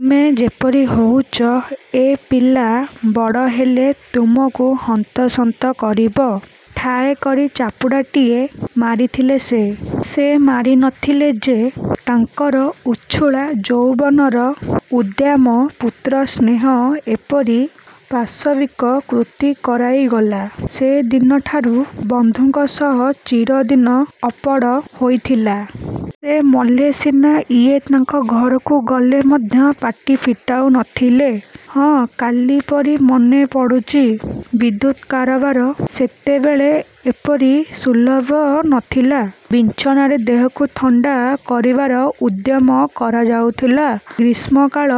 ତୁମେ ଯେପରି ହଉଚ, ଏଇ ପିଲା ବଡ଼ ହେଲେ ତୁମକୁ ହନ୍ତସନ୍ତ କରିବ। 'ଠାଏ' କରି ଚାପୁଡ଼ାଟିଏ ମାରିଥିଲେ ସେ। ସେ ମାରି ନ ଥିଲେ ଯେ, ତାଙ୍କର ଉଛୁଳା ଯୌବନର ଉଦ୍ଦାମ ପୁତ୍ରସ୍ନେହ ଏପରି ପାଶବିକ କୃତି କରାଇଗଲା। ସେହି ଦିନଠାରୁ ବନ୍ଧୁଙ୍କ ସହ ଚିରଦିନ ଅପଡ଼ ହୋଇଥିଲା। ସେ ମଲେ ସିନା, ଇଏ ତାଙ୍କ ଘରକୁ ଗଲେ ମଧ୍ୟ ପାଟି ଫିଟାଉ ନ ଥିଲେ। ହଁ, କାଲିପରି ମନେ ପଡ଼ୁଚି। ବିଦ୍ୟୁତ କାରବାର ସେତେବେଳେ ଏପରି ସୁଲଭ ନ ଥିଲା। ବିଞ୍ଚଣାରେ ଦେହକୁ ଥଣ୍ତା କରିବାର ଉଦ୍ୟମ କରାଯାଉଥିଲା। ଗ୍ରୀଷ୍ମକାଳ,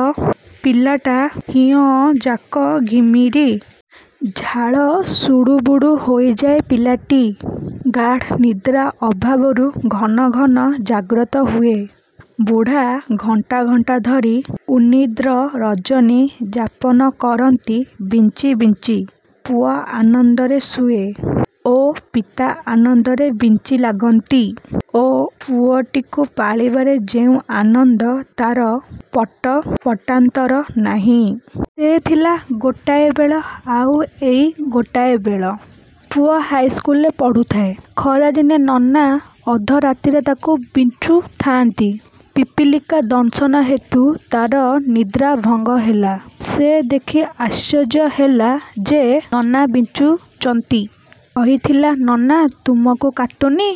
ପିଲାଟା ହିହଯାକ ଘିମିରି। ଝାଳ ସୁଡ଼ୁବୁଡ଼ୁ ହୋଇଯାଏ ପିଲାଟି। ଗାଢ଼ ନିଦ୍ରା ଅଭାବରୁ ଘନ ଘନ ଜାଗ୍ରତ ହୁଏ। ବୁଢ଼ା ଘଣ୍ଟା ଘଣ୍ଟା ଧରି ଉନ୍ନିଦ୍ର ରଜନୀ ଯାପନ କରନ୍ତି ବିଞ୍ଚି ବିଞ୍ଚି। ପୁଅ ଆନନ୍ଦରେ ଶୁଏ ଓ ପିତା ଆନନ୍ଦରେ ବିଞ୍ଚି ଲାଗନ୍ତି। ଓଃ, ପୁଅଟିକୁ ପାଳିବାରେ ଯେଉଁ ଆନନ୍ଦ ତାର ପଟ-ପଟାନ୍ତର ନାହିଁ। ସେ ଥିଲା ଗୋଟାଏ ବେଳ, ଆଉ ଏଇ ଗୋଟାଏ ବେଳ। ପୁଅ ହାଇସ୍କୁଲରେ ପଢ଼ୁଥାଏ। ଖରାଦିନେ ନନା ଅଧ ରାତିରେ ତାକୁ ବିଞ୍ଚୁ ଥାଆନ୍ତି। ପିପିଲିକା ଦଂଶନ ହେତୁ ତାର ନିଦ୍ରା ଭଙ୍ଗ ହେଲା। ସେ ଦେଖି ଆଶ୍ଚର୍ଯ୍ୟ ହେଲା ଯେ, ନନା ବିଞ୍ଚୁଚନ୍ତି। କହିଥିଲା—ନନା ତୁମକୁ କାଟୁନି।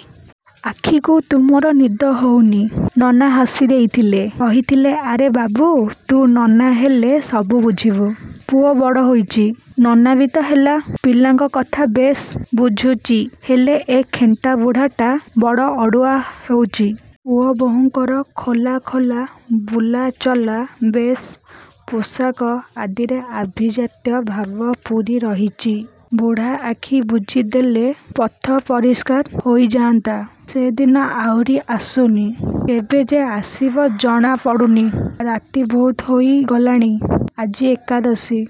ଆଖିକୁ ତୁମର ନିଦ ହଉନି? ନନା ହସି ଦେଇଥିଲେ। କହିଥିଲେ ଆରେ ବାବୁ, ତୁ ନନା ହେଲେ ସବୁ ବୁଝିବୁ। ପୁଅ ବଡ଼ ହୋଇଚି। ନନା ବି ତ ହେଲା; ପିଲାଙ୍କ କଥା ବେଶ୍ ବୁଝୁଚି। ହେଲେ ଏ ଖେଣ୍ଟା ବୁଢ଼ାଟା ବଡ଼ ଅଡ଼ୁଆ ହେଉଚି। ପୁଅ ବୋହୂଙ୍କର ଖୋଲା ଖୋଲା ବୁଲାଚଲା, ବେଶ, ପୋଷାକ ଆଦିରେ ଆଭିଜାତ୍ୟ ଭାବ ପୂରି ରହିଚି। ବୁଢ଼ା ଆଖି ବୁଜି ଦେଲେ ପଥ ପରିଷ୍କାର ହୋଇ ଯାଆନ୍ତା। ସେଦିନ ଆହୁରି ଆସୁନି, କେବେ ଯେ ଆସିବ ଜଣା ପଡ଼ୁନି। ରାତି ବହୁତ ହୋଇ ଗଲାଣି। ଆଜି ଏକାଦଶୀ।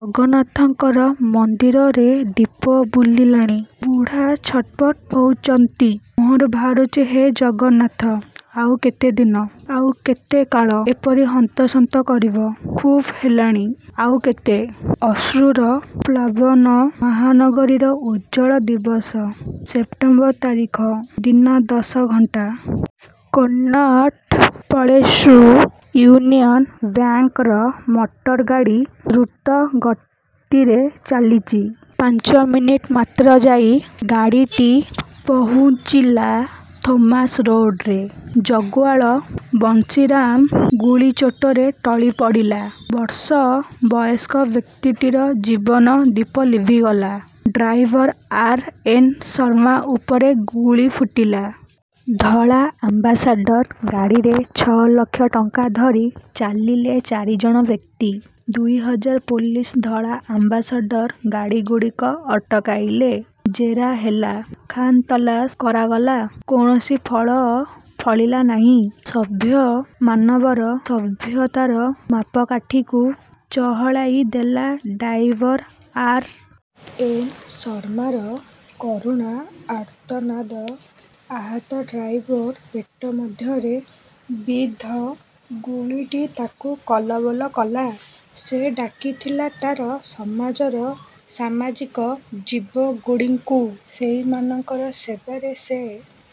ଜଗନ୍ନାଥଙ୍କ ମନ୍ଦିରରରେ ଦୀପ ବୁଲିଲାଣି। ବୁଢ଼ା ଛଟପଟ ହେଉଚନ୍ତି। ମୁହଁରୁ ବାହାରୁଚି ହେ ଜଗନ୍ନାଥ, ଆଉ କେତେ ଦିନ! ଆଉ କେତେ କାଳ ଏପରି ହନ୍ତସନ୍ତ କରିବ! ଖୁବ୍ ହେଲାଣି। ଆଉ କେତେ? ଅଶ୍ରୁର ପ୍ଳାବନ ମହାନଗରୀର ଉଜ୍ଜ୍ୱଳ ଦିବସ। ସେପ୍ଟେମ୍ବର ତାରିଖ। ଦିନ ଦଶ ଘଣ୍ଟା। କୋନଟ୍ ପ୍ଳେସ୍ରୁ ଇଉନିୟନ୍ ବ୍ୟାଙ୍କର ମଟରଗାଡ଼ି ଦ୍ରୁତ ଗତିରେ ଚାଲିଚି। ପାଞ୍ଚମିନିଟ୍ ମାତ୍ର ଯାଇ ଗାଡ଼ିଟି ପହୁଞ୍ଚିଲା ଥମ୍ପସନ ରୋଡ଼ରେ। ଜଗୁଆଳ ବଂଶୀରାମ ଗୁଳି ଚୋଟରେ ଟଳି ପଡ଼ିଲା। ବର୍ଷ ବୟସ୍କ ବ୍ୟକ୍ତିଟିର ଜୀବନ ଦୀପ ଲିଭିଗଲା। Driver R. ଏନ୍. ଶର୍ମା ଉପରେ ଗୁଳି ଫୁଟିଲା। ଧଳା ଆମ୍ବାସାଡ଼ର ଗାଡ଼ିରେ ଛଅ ଲକ୍ଷ ଟଙ୍କା ଧରି ଚାଲିଲେ ଚାରିଜଣ ବ୍ୟକ୍ତି। ଦୁଇ ହଜାର ପୋଲିଶ ଧଳା ଆମ୍ବାସାଡ଼ର ଗାଡ଼ିଗୁଡ଼ିକ ଅଟକାଇଲେ। ଜେରା ହେଲା, ଖାନତଲାସ କରାଗଲା, କୌଣସି ଫଳ ଫଳିଲା ନାହିଁ। ସଭ୍ୟ ମାନବର ସଭ୍ୟତାର ମାପକାଠିକୁ ଚହଲାଇ ଦେଲା ଡ୍ରାଇଭର ଆର୍. ଏନ୍. ଶର୍ମାର କରୁଣ ଆର୍ତ୍ତନାଦ। ଆହତ ଡ୍ରାଇଭର ପେଟ ମଧ୍ୟରେ ବିଦ୍ଧ ଗୁଳିଟି ତାକୁ କଲବଲ କଲା। ସେ ଡାକିଥିଲା ତାର ସମାଜର ସାମାଜିକ ଜୀବଗୁଡ଼ିଙ୍କୁ। ସେହିମାନଙ୍କର ସେବାରେ ସେ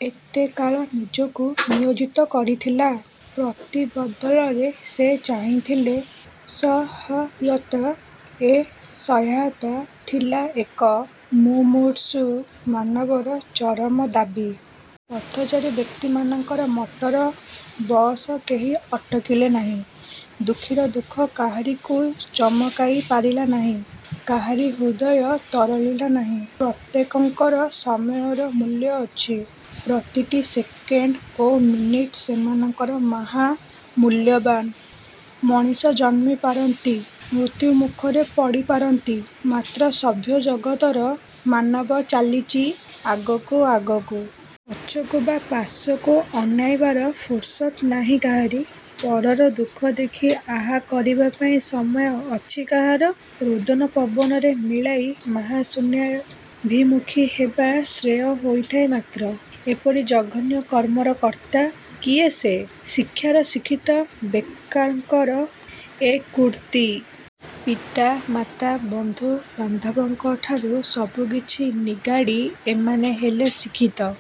ଏତେ କାଳ ନିଜକୁ ନିୟୋଜିତ କରିଥିଲା, ପ୍ରତି ବଦଳରେ ସେ ଚାହିଁଥିଲେ ସହାୟତା, ଏ ସହାୟତା ଥିଲା ଏକ ମୁମୂର୍ଷୁ ମାନବର ଚରମ ଦାବୀ। ପଥଚାରୀ ବ୍ୟକ୍ତିମାନଙ୍କର ମଟର, ବସ୍ କେହି ଅଟକିଲେ ନାହିଁ। ଦୁଃଖୀର ଦୁଃଖ କାହାରିକୁ ଚମକାଇ ପାରିଲା ନାହିଁ। କାହାରି ହୃଦୟ ତରଳିଲା ନାହିଁ। ପ୍ରତ୍ୟେକଙ୍କର ସମୟର ମୂଲ୍ୟ ଅଛି। ପ୍ରତିଟି ସେକେଣ୍ତ ଓ ମିନିଟ ସେମାନଙ୍କର ମହା। ମୂଲ୍ୟବାନ୍। ମଣିଷ ଜନ୍ମି ପାରନ୍ତି, ମୃତ୍ୟୁ ମୁଖରେ ପଡ଼ି ପାରନ୍ତି; ମାତ୍ର ସଭ୍ୟ ଜଗତର ମାନବ ଚାଲିଚି ଆଗକୁ ଆଗକୁ। ପଛକୁ ବା ପାର୍ଶ୍ୱକୁ ଅନାଇବାର ଫୁରସତ ନାହିଁ କାହାରି। ପରର ଦୁଃଖ ଦେଖି ଆହା କରିବା ପାଇଁ ସମୟ ଅଛି କାହାର? ରୋଦନ ପବନରେ ମିଳାଇ ମହାଶୂନ୍ୟାଭିମୁଖୀ ହେବା ଶ୍ରେୟ ହୋଇଥାଏ ମାତ୍ର। ଏପରି ଜଘନ୍ୟ କର୍ମର କର୍ତ୍ତା! କିଏ ସେ? ବର୍ଷର ଶିକ୍ଷିତ ବେକାରଙ୍କର ଏ କୃତୀ। ପିତା, ମାତା, ବନ୍ଧୁ, ବାନ୍ଧବଙ୍କଠାରୁ ସବୁ କିଛି ନିଗାଡ଼ି ଏମାନେ ହେଲେ ଶିକ୍ଷିତ।